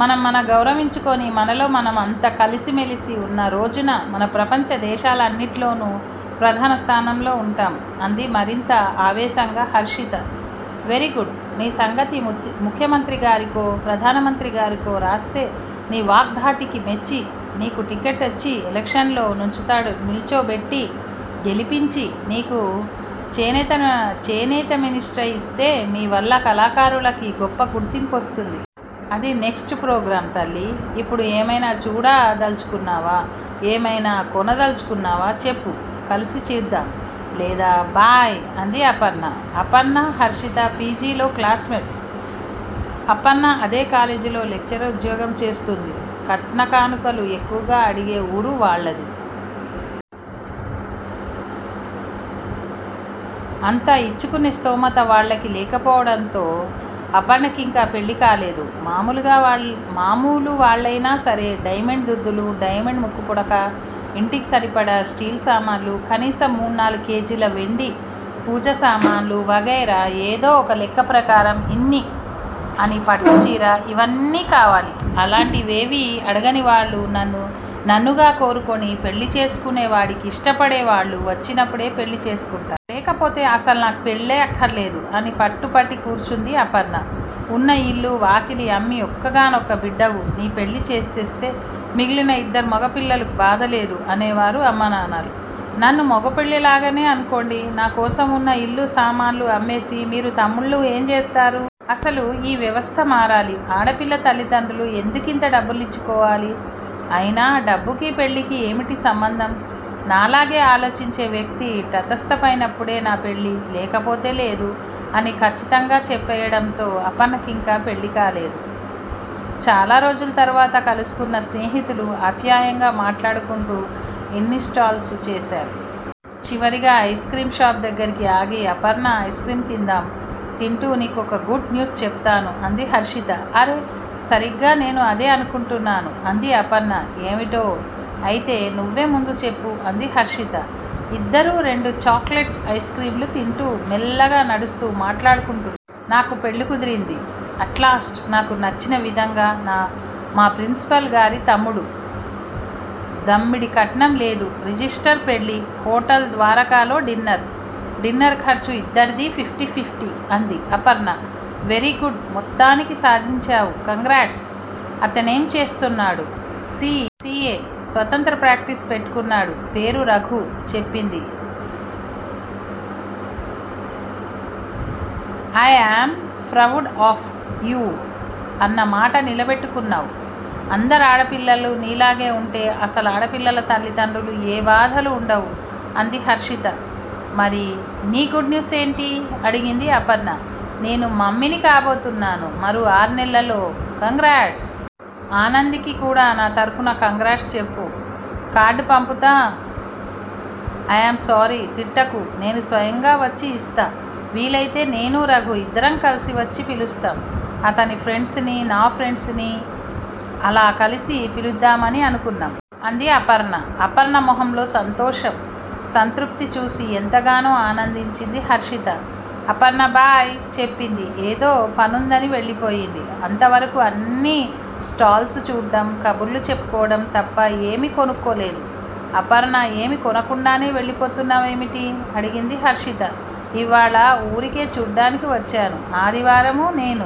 మనని మనం గౌరవించుకుని మనలో మనం అంతా కలిసి మెలిసి ఉన్నరోజున మనం ప్రపంచ దేశాలన్నింట్ల్లోనూ ప్రధాన స్థానంలో ఉంటాం అంది మరింత ఆవేశంగా హర్షిత. వెరీ గుడ్ నీ సంగతి ముఖ్యమంత్రిగారికో ప్రధానమంత్రిగారికో రాస్తే నీ వాగ్ధాటికి మెచ్చి, నీకు టిక్కెట్టిచ్చి ఎలక్షన్లలో నుంచోబెట్టి గెలిపించి, నీకు చేనేతమినిస్ట్రయిస్తే నీ వల్ల కళాకారులకి గొప్ప గుర్తింపొస్తుంది. అది నెక్స్ట్ ప్రోగ్రాం. తల్లీ! ఇప్పుడు ఏమైనా చూడదలుచుకున్నావా? ఏమైనా కొనదల్చుకున్నావా? చెప్పు, కలిసి చూద్దాం. లేదా 'బై' అంది అపర్ణ., అపర్ణ హర్షిత పి. జి. లో క్లాస్ మెట్స్! అఫర్ణ అదే కాలేజ్ లో లెక్చరర్ ఉద్యోగం చేస్తుంది. కట్నా, కానుకలూ ఎక్కువగా అడిగే ఊరు వాళ్ళది. అంత ఇచ్చుకునే స్థోమత వాళ్ళకి లేకపోవడంతో అపర్ణకింకా పెళ్ళికాలేదు. మామూలు వాళ్ళైనా సరే డైమండ్ దుద్దులూ, డైమండ్ ముక్కుపుడకా, ఇంటికి సరిపడే స్టీలు సామాన్లూ కనీసం మూడునాలుగు కేజీల వెండి పూజసామాన్లూ వగైరా, ఏదో ఒకలెక్క ప్రకారం ఇన్నీ అని పట్టుచీర ఇవన్నీ కావాలి. అలాంటివేవీ అడగనివాళ్ళు నన్ను నన్నుగా కోరుకుని పెళ్ళి చేసుకునేవాడికి ఇష్టపడేవాళ్ళు వచ్చినప్పుడే పెళ్ళి చేసుకుంటాను. లేకపోతే అసల్ నాకు పెళ్లే అక్కర్లేదు అని పట్టుబట్టి కూర్చుంది అపర్ణ. ఉన్న ఇల్లూ వాకిలీ అమ్మి ఒక్కగానొక్క బిడ్డవు. నీపెళ్ళి చేస్స్తే, మిగిలిన ఇద్దరూ మొగపిల్లలు. బాధలేదు అనేవారు అమ్మానాన్నలు! నన్నూ మొగపిల్లాలానే అనుకోండి. నా కోసం ఉన్న ఇల్లూ, సామాన్లూ అమ్మేసి మీరు తమ్ముళ్ళూ ఏం చేస్తారు? అసలు ఈ వ్యవస్థ మారాలి. ఆడపిల్ల తండ్రులు ఎందుకింత డబ్బిలిచ్చుకోవాలి? అయినా డబ్బుకీ, పెళ్ళికీ ఏమిటి సంబంధం? నాలాగే ఆలోచించే వ్యక్తి తటస్థపైనప్పుడే నా పెళ్ళి, లేకపోతే లేదు అని ఖచ్చితంగా చెప్పెయ్యడంతో అపర్ణకింకా పెళ్ళికాలేదు. చాలారోజుల తరువాత కలుసుకున్న స్నేహితులు ఆప్యాయంగా మాట్లాడుకుంటూ ఎన్ని స్టాల్సూ చేశారు. చివరగా ఐస్ క్రీం షాప్ దగ్గర ఆగి, అపర్ణా ఐస్ క్రీం తిందాం. తింటూ నీకొక గుడ్ న్యూస్ చెప్తాను అంది హర్షిత. అరె! సరిగ్గా నేనూ అదే అనుకున్నాను అంది అపర్ణ. ఏమిటో! అయితే నువ్వే ముందు చెప్పు అంది హర్షిత. ఇద్దరూ రెండు చాక్ లెట్ ఐస్ క్రీంలు తింటూ, మెల్లగా నడుస్తూ మాట్లాడుకుంటు. నాకు పెళ్ళి కుదిరింది. అట్ లాస్ట్ నాకు నచ్చిన విధంగా, మా ప్రిన్సిపాల్ గారి తమ్ముడు. దమ్మిడీ కట్నం లేదు. రిజిష్టర్ పెళ్ళి, హోటల్ ద్వారకాలో డిన్నర్. డిన్నర్ ఖర్చు ఇద్దరిదీ ఫిఫ్టీ ఫిఫ్టీ! అంది అపర్ణ. వెరీగుడ్! మొత్తానికి సాధించావ్! కంగ్రాట్స్! అతనేం చేస్తున్నాడు సి. ఎ. స్వంత ప్రాక్టీసు పెట్టుకున్నాడు. పేరు రఘు చెప్పింది. I am proud of you. అన్నమాట నిలబెట్టుకున్నావ్. అందరాడపిల్లలూ నీలా ఉంటే అసలు ఆడపిల్లల తల్లిదండ్రులకు ఏ బాధలూ ఉండవు అంది హర్షిత. మరి నీ గుడ్ న్యూస్ ఏంటి? అడిగింది అపర్ణ. నేను మమ్మీని కాబోతున్నాను మరో ఆరునెలల్లో కంగ్రాట్స్! ఆనంద్ కి కూడా నా తరపున కంగ్రాట్స్ చెప్పు. కార్డ్ పంపుతా ఐయామ్ సారీ తిట్టకు. నేను స్వయంగా వచ్చి ఇస్తా. వీలైతే నేనూ రఘూ ఇద్దరం కలిసే వచ్చి పిలుస్తాం. అతని ఫ్రెండ్స్ నీ, నా ఫ్రెండ్స్ నీ, అలా కలిసి పిలుద్దామని అనుకున్నాం. అంది అపర్ణ. అపర్ణ మొహంలో సంతోషం. సంతృప్తి చూసి ఎంతగానో ఆనందించింది హర్షిత. అపర్ణ 'బై' చెప్పి ఏదో పనుందని వెళ్ళిపోయింది. అంతవరకూ అన్ని స్టాల్సూ చూడ్డం, కబుర్లు చెప్పుకోవడం తప్ప ఏమీ కొనుక్కోలేదు. అపర్ణా, ఏమీ కొనకుండానే వెళ్ళిపోతున్నావేమిటి? అడిగింది హర్షిత. ఇవ్వాళ ఊరికే చూడ్డానికి వచ్చాను. ఆదివారం నేనూ,